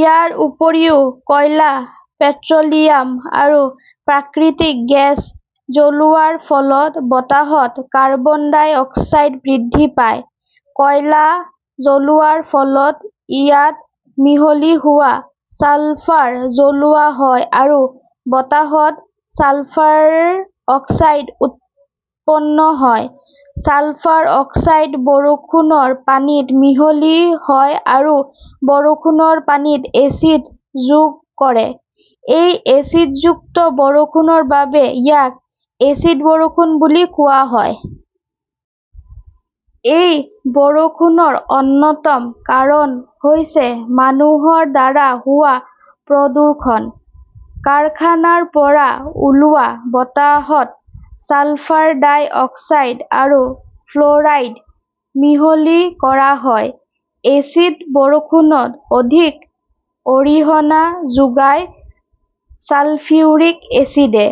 ইয়াৰ উপৰিও কয়লা, পেট্ৰ'লিয়াম আৰু প্ৰাকৃতিক গেছ জ্বলোৱাৰ ফলত বতাহত কাৰ্বন ডাই-অক্সাইড বৃদ্ধি পায়। কয়লা জ্বলোৱাৰ ফলত ইয়াত মিহলি হোৱা ছালফাৰ জ্বলোৱা হয় আৰু বতাহত ছালফাৰ অক্সাইড উৎপন্ন হয়। ছালফাৰ অক্সাইড বৰষুণৰ পানীত মিহলি হয় আৰু বৰষুণৰ পানীত এচিড যোগ কৰে, এই এচিডযুক্ত বৰষুণৰ বাবেই ইয়াক এচিড বৰষুণ বুলি কোৱা হয়। এই বৰষুণৰ অন্যতম কাৰণ হৈছে মানুহৰ দ্বাৰা হোৱা প্ৰদূষণ! কাৰখানাৰ পৰা ওলোৱা বতাহত ছালফাৰ ডাই অক্সাইড আৰু ফ্ল'ৰাইড মিহলি কৰা হয়। এচিড বৰষুণত অধিক অৰিহণা যোগায় ছালফিউৰিক এচিডে।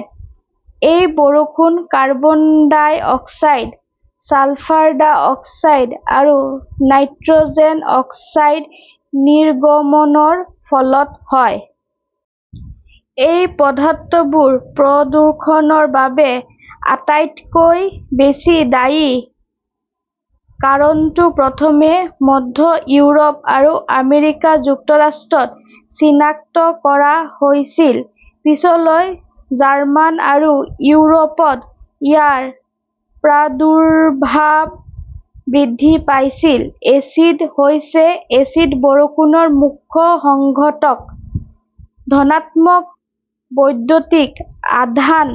এই বৰষুণ carbon dioxide, sulphur dioxide আৰু নাইট্ৰ'জেন অক্সাইড নিৰ্গমনৰ ফলত হয়। এই পদাৰ্থবোৰ প্ৰদূষণৰ বাবে আটাইতকৈ বেছি দায়ী কাৰণটো প্ৰথমে মধ্য ইউৰোপ আৰু আমেৰিকা যুক্তৰাষ্ট্ৰত চিনাক্ত কৰা হৈছিল। পিছলৈ জাৰ্মান আৰু ইউৰোপত ইয়াৰ প্ৰাদুৰ্ভাৱ বৃদ্ধি পাইছিল। এচিড হৈছে এচিড বৰষুণৰ মুখ্য সংগঠক। ধনাত্মক বৈদ্যুতিক আধান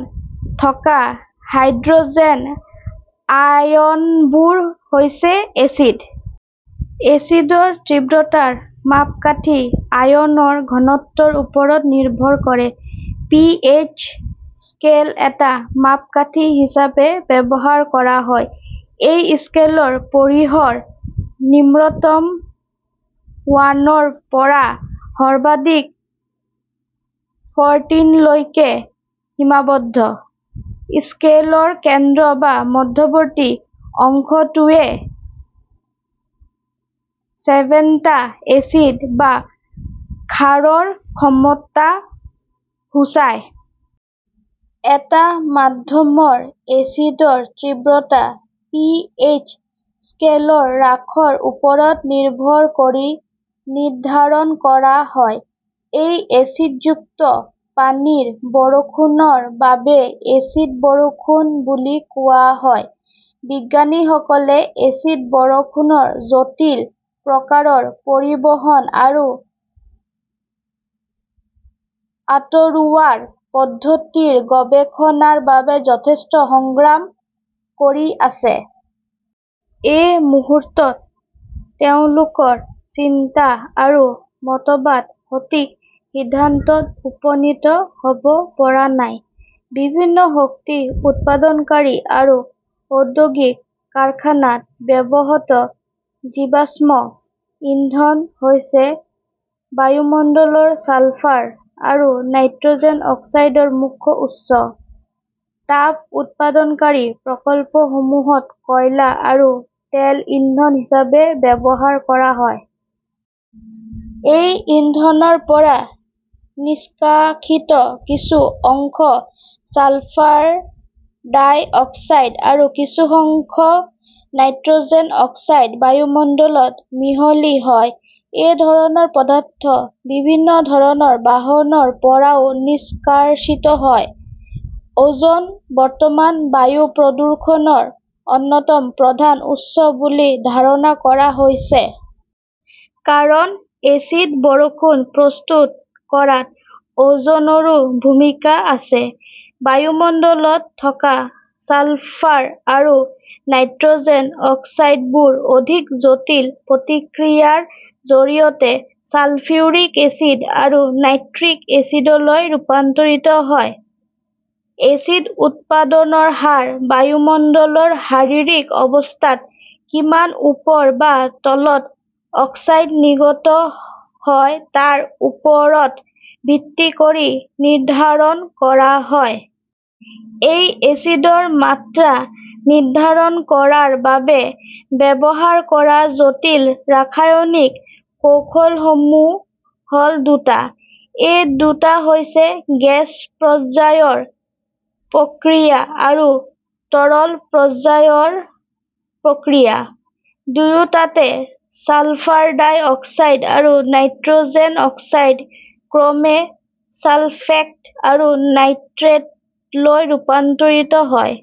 থকা হাইড্ৰ'জেন আয়নবোৰ হৈছে এচিড। এচিডৰ তীব্ৰতাৰ মাপকাঠি আয়নৰ ঘনত্বৰ ওপৰত নিৰ্ভৰ কৰে। পিএইচ স্কেল এটা মাপকাঠি হিচাপে ব্যৱহাৰ কৰা হয়। এই স্কেলৰ পৰিসৰ নিম্নতম ওৱানৰ পৰা সৰ্বাধিক ফৰ্টিনলৈকে সীমাবদ্ধ। স্কেলৰ কেন্দ্ৰ বা মধ্যৱৰ্তী সংখ্যাটোৱে চেভেনটা এচিড বা ক্ষাৰৰ ক্ষমতা সূচায়। এটা মাধ্যমৰ এচিডৰ তীব্ৰতা পিএইচ স্কেলৰ হ্ৰাসৰ ওপৰত নিৰ্ভৰ কৰি নিৰ্ধাৰণ কৰা হয়। এই এচিডযুক্ত পানীৰ বৰষুণৰ বাবেই এচিড বৰষুণ বুলি কোৱা হয়। বিজ্ঞানীসকলে এচিড বৰষুণৰ জটিল প্ৰকাৰৰ পৰিবহণ আৰু আঁতৰোৱাৰ পদ্ধতিৰ গৱেষণাৰ বাবে যথেষ্ট সংগ্ৰাম কৰি আছে। এই মুহূৰ্তত তেওঁলোকৰ চিন্তা আৰু মতবাদ সঠিক সিদ্ধান্তত উপনীত হ'ব পৰা নাই। বিভিন্ন শক্তি উৎপাদনকাৰী আৰু ঔদ্যোগিক কাৰখানাত ব্যৱহৃত জীৱাশ্ম ইন্ধন হৈছে, বায়ুমণ্ডলৰ ছালফাৰ আৰু নাইট্ৰ'জেন অক্সাইডৰ মুখ্য উৎস। তাপ উৎপাদনকাৰী প্ৰকল্পসমূহত কয়লা আৰু তেল ইন্ধন হিচাপে ব্যৱহাৰ কৰা হয়। এই ইন্ধনৰ পৰা নিষ্কাশিত কিছু অংশ ছালফাৰ ডাই অক্সাইড আৰু কিছু অংশ নাইট্ৰ'জেন অক্সাইড বায়ুমণ্ডলত মিহলি হয়। এই ধৰণৰ পদাৰ্থ বিভিন্ন ধৰণৰ বাহনৰ পৰাও নিষ্কাশিত হয়। অ'জন বৰ্তমান বায়ু প্ৰদূষণৰ অন্যতম প্ৰধান উৎস বুলি ধাৰণা কৰা হৈছে। কাৰণ এচিড বৰষুণ প্ৰস্তুত কৰাত অ'জনৰো ভূমিকা আছে। বায়ুমণ্ডলত থকা ছালফাৰ আৰু নাইট্ৰ'জেন অক্সাইডবোৰ অধিক জটিল প্ৰতিক্ৰিয়াৰ জৰিয়তে ছালফিউৰিক এচিড আৰু নাইট্ৰিক এচিডলৈ ৰূপান্তৰিত হয়। এচিড উৎপাদনৰ হাৰ বায়ুমণ্ডলৰ শাৰীৰিক অৱস্থাত কিমান ওপৰ বা তলত অক্সাইড নিৰ্গত হয় তাৰ ওপৰত ভিত্তি কৰি নিৰ্ধাৰণ কৰা হয়। এই এচিডৰ মাত্ৰা নিৰ্ধাৰণ কৰাৰ বাবে ব্যৱহাৰ কৰা জটিল ৰাসায়নিক কৌশলসমূহ হ'ল দুটা। এই দুটা হৈছে গেছ পৰ্যায়ৰ প্ৰক্ৰিয়া আৰু তৰল পৰ্যায়ৰ প্ৰক্ৰিয়া। দুয়োটাতে ছালফাৰ ডাই অক্সাইড আৰু নাইট্ৰ'জেন অক্সাইড ক্ৰমে ছালফেট আৰু নাইট্ৰেটলৈ ৰূপান্তৰিত হয়।